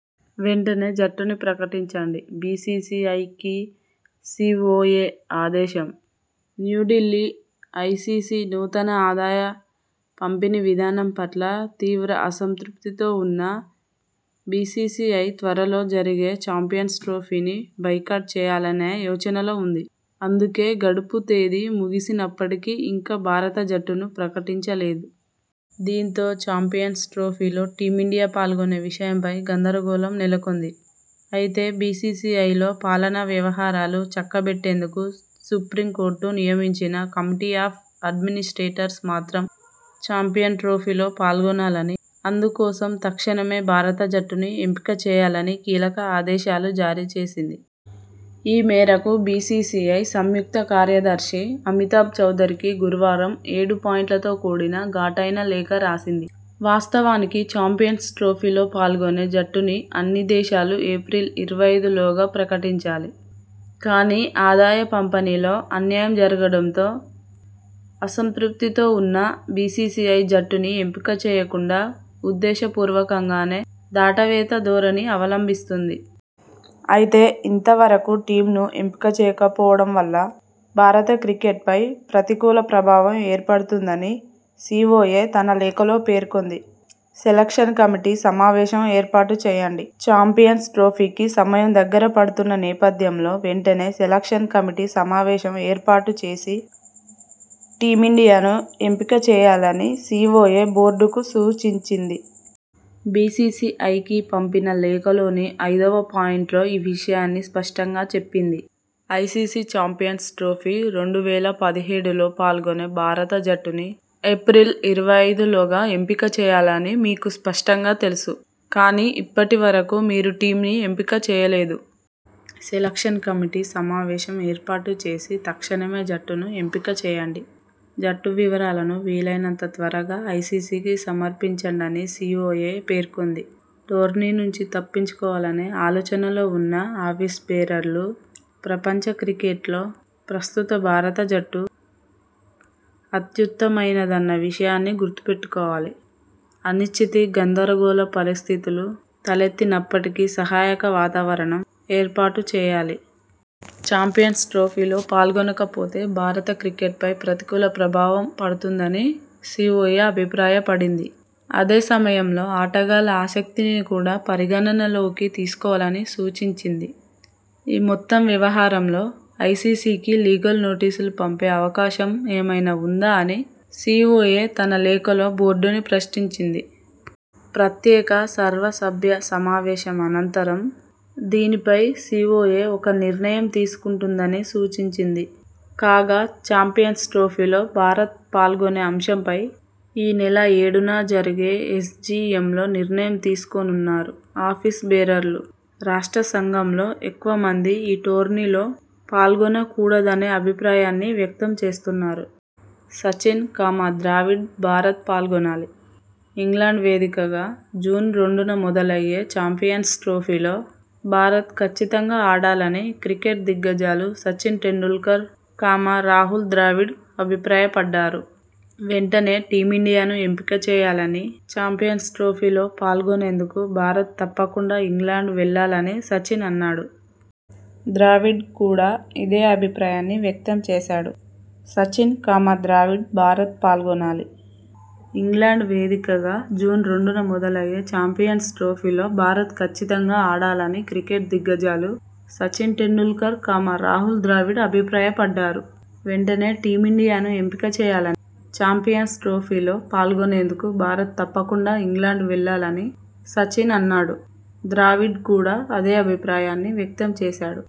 వెంటనే జట్టుని ప్రకటించండి బీసీసీఐ కీ సీఓఏ ఆదేశంన్యూఢిల్లీ ఐసీసీ నూతన ఆదాయ పంపిణీ విధానం పట్ల తీవ్ర అసంతృప్తితో ఉన్న బీసీసీఐ త్వర లో జరిగే చాంపియన్స్ ట్రోఫీని బాయ్కాట్ చేయాలనే యోచనలో ఉంది. అందుకే గడువు తేదీ ముగిసిసినప్పటికీ ఇంకా భారత జట్టును ప్రకటించ లేదు. దీంతో చాంపియన్స్ ట్రోఫీ లో టీమిండియా పాల్గొనే విషయంపై గందర గోళం నెలకొంది. అయితే బీసీసీఐ లో పా లనా వ్యవహారాలు చక్క బెట్టేందుకు సుప్రీం కోర్టు నియమించిన కమిటీ ఆఫ్ ఆడ్మినిస్ర్టేటర్స్ మాత్రం చాంపియన్స్ ట్రోఫీలో పాల్గొనాలని, అందుకోసం తక్షణమే భారత జట్టుని ఎంపిక చేయాలని కీలక ఆదేశాలు జారీచేసింది. ఈ మేరకు బీసీసీఐ సంయుక్త కార్యదర్శి అమితాబ్ చౌదరికి గురువారం ఏడు పాయింట్లతో కూడిన ఘాటైన లేఖ రాసింది. వాస్తవానికి చాంపియన్స్ ట్రోఫీలో పాల్గొనే జట్టుని అన్ని దేశాలూ ఏప్రిల్ ఇరవై ఐదులోగా ప్రకటించాలి. కానీ, ఆదాయ పంపిణీలో అన్యాయం జరగడంతో అసంతృప్తితో ఉన్న బీసీసీఐ జట్టుని ఎంపిక చేయకుండా ఉద్దేశ పూర్వకంగానే దాటవేత ధోరణి అవలంబిస్తోంది. అయితే ఇంతవరకూ టీమ్ను ఎంపిక చేయకపోవడం వల్ల భారత క్రికెట్పై ప్రతికూల ప్రభావం ఏర్పడు తుందని సీఓఏ తన లేఖలో పేర్కొంది. సెలెక్షన్ కమిటీ సమావేశం ఏర్పాటు చేయండి చాంపియన్స్ ట్రోఫీకి సమయం దగ్గర పడుతున్న నేపథ్యంలో వెంటనే సెలెక్షన్ కమిటీ సమావేశం ఏర్పాటు చేసి టీమిండియాను ఎంపిక చేయాలని సీఓఏ బోర్డుకు సూచించింది. బీసీసీఐకి పంపిన లేఖలోని ఐదవ పాయింట్లో ఈ విషయాన్ని స్పష్టంగా చెప్పింది. ఐసీసీ చాంపియన్స్ ట్రోఫీ రెండు వేల పదిహేడులో పాల్గొనే భారత జట్టుని ఏప్రిల్ ఇరవై ఐదులోగా ఎంపిక చేయాలని మీకు స్పష్టంగా తెలుసు. కానీ ఇప్పటి వరకూ మీరు టీమ్ని ఎంపిక చేయలేదు. సెలెక్షన్ కమిటీ సమావేశం ఏర్పాటు చేసి తక్షణమే జట్టును ఎంపిక చేయండి. జట్టు వివరాలను వీలైనంత త్వరగా ఐసీసీకి సమర్పించండని సీఓఏ పేర్కొంది. టోర్నీ నుంచి తప్పుకోవాలనే ఆలోచనలో ఉన్న ఆఫీస్ బేరర్లు ప్రపంచ క్రికెట్లో ప్రస్తుత భారత జట్టు అత్యుత్తమైనదన్న విషయాన్ని గుర్తుపెట్టుకోవాలి. అనిశ్చితి, గందర గోళ పరిస్థితులు తలెత్తినప్పటికీ సహాయక వాతావరణం ఏర్పాటు చేయాలి. చాంపియన్స్ ట్రోఫీలో పాల్గొనక పోతే భారత క్రికెట్పై ప్రతికూల ప్రభావం పడుతుందని సీఓఏ అభిప్రాయ పడింది. అదే సమయంలో ఆటగాళ్ల ఆసక్తిని కూడా పరిగణనలోకి తీసుకోవాలని సూచించింది. ఈ మొత్తం వ్యవహారంలో ఐసీసీకి లీగల్ నోటీసులు పంపే అవకాశం ఏమైనా ఉందా అని సీఓఏ తన లేఖలో బోర్డుని ప్రశ్నించింది. ప్రత్యేక సర్వసభ్య సమావేశం అనంతరం దీనిపై సీఓఏ ఒక నిర్ణయం తీసుకుంటుందని సూచించింది. కాగా చాంపియన్స్ ట్రోఫీలో భారత్ పాల్గొనే అంశంపై ఈ నెల ఏడున జరిగే ఎస్జీఎంలో నిర్ణయం తీసుకోనున్నారు. ఆఫీస్ బేరర్లు, రాష్ట్ర సంఘాల్లో ఎక్కువ మంది ఈ టోర్నీలో పాల్గొన కూడదనే అభిప్రాయాన్ని వ్యక్తం చేస్తున్నారు. సచిన్, ద్రావిడ్ భారత్ పాల్గొనాలి! ఇంగ్లండ్ వేదికగా జూన్ రెండున మొదలయ్యే చాంపియన్స్ ట్రోఫీలో భారత్ కచ్చితంగా ఆడాలని క్రికెట్ దిగ్గజాలు సచిన్ టెండూల్కర్, రాహుల్ ద్రావిడ్ అభిప్రాయ పడ్డారు. వెంటనే టీమిండియాను ఎంపిక చేయాలని, చాంపియన్స్ ట్రోఫీలో పాల్గొనేందుకు భారత్ తప్పకుండా ఇంగ్లండ్ వెళ్లాలని సచిన్ అన్నాడు. ద్రావిడ్ కూడా ఇదే అభిప్రాయాన్ని వ్యక్తం చేశాడు. సచిన్, ద్రావిడ్ భారత్ పాల్గొనాలి! ఇంగ్లండ్ వేదికగా జూన్ రెండున మొదలయ్యే చాంపియన్స్ ట్రోఫీలో భారత్ కచ్చితంగా ఆడాలని క్రికెట్ దిగ్గజాలు సచిన్ టెండూల్కర్, రాహుల్ ద్రావిడ్ అభిప్రాయ పడ్డారు. వెంటనే టీమిండియాను ఎంపిక చేయాలని, చాంపియన్స్ ట్రోఫీలో పాల్గొనేందుకు భారత్ తప్పకుండా ఇంగ్లండ్ వెళ్లాలని సచిన్ అన్నాడు. ద్రావిడ్ కూడా ఇదే అభిప్రాయాన్ని వ్యక్తం చేశాడు.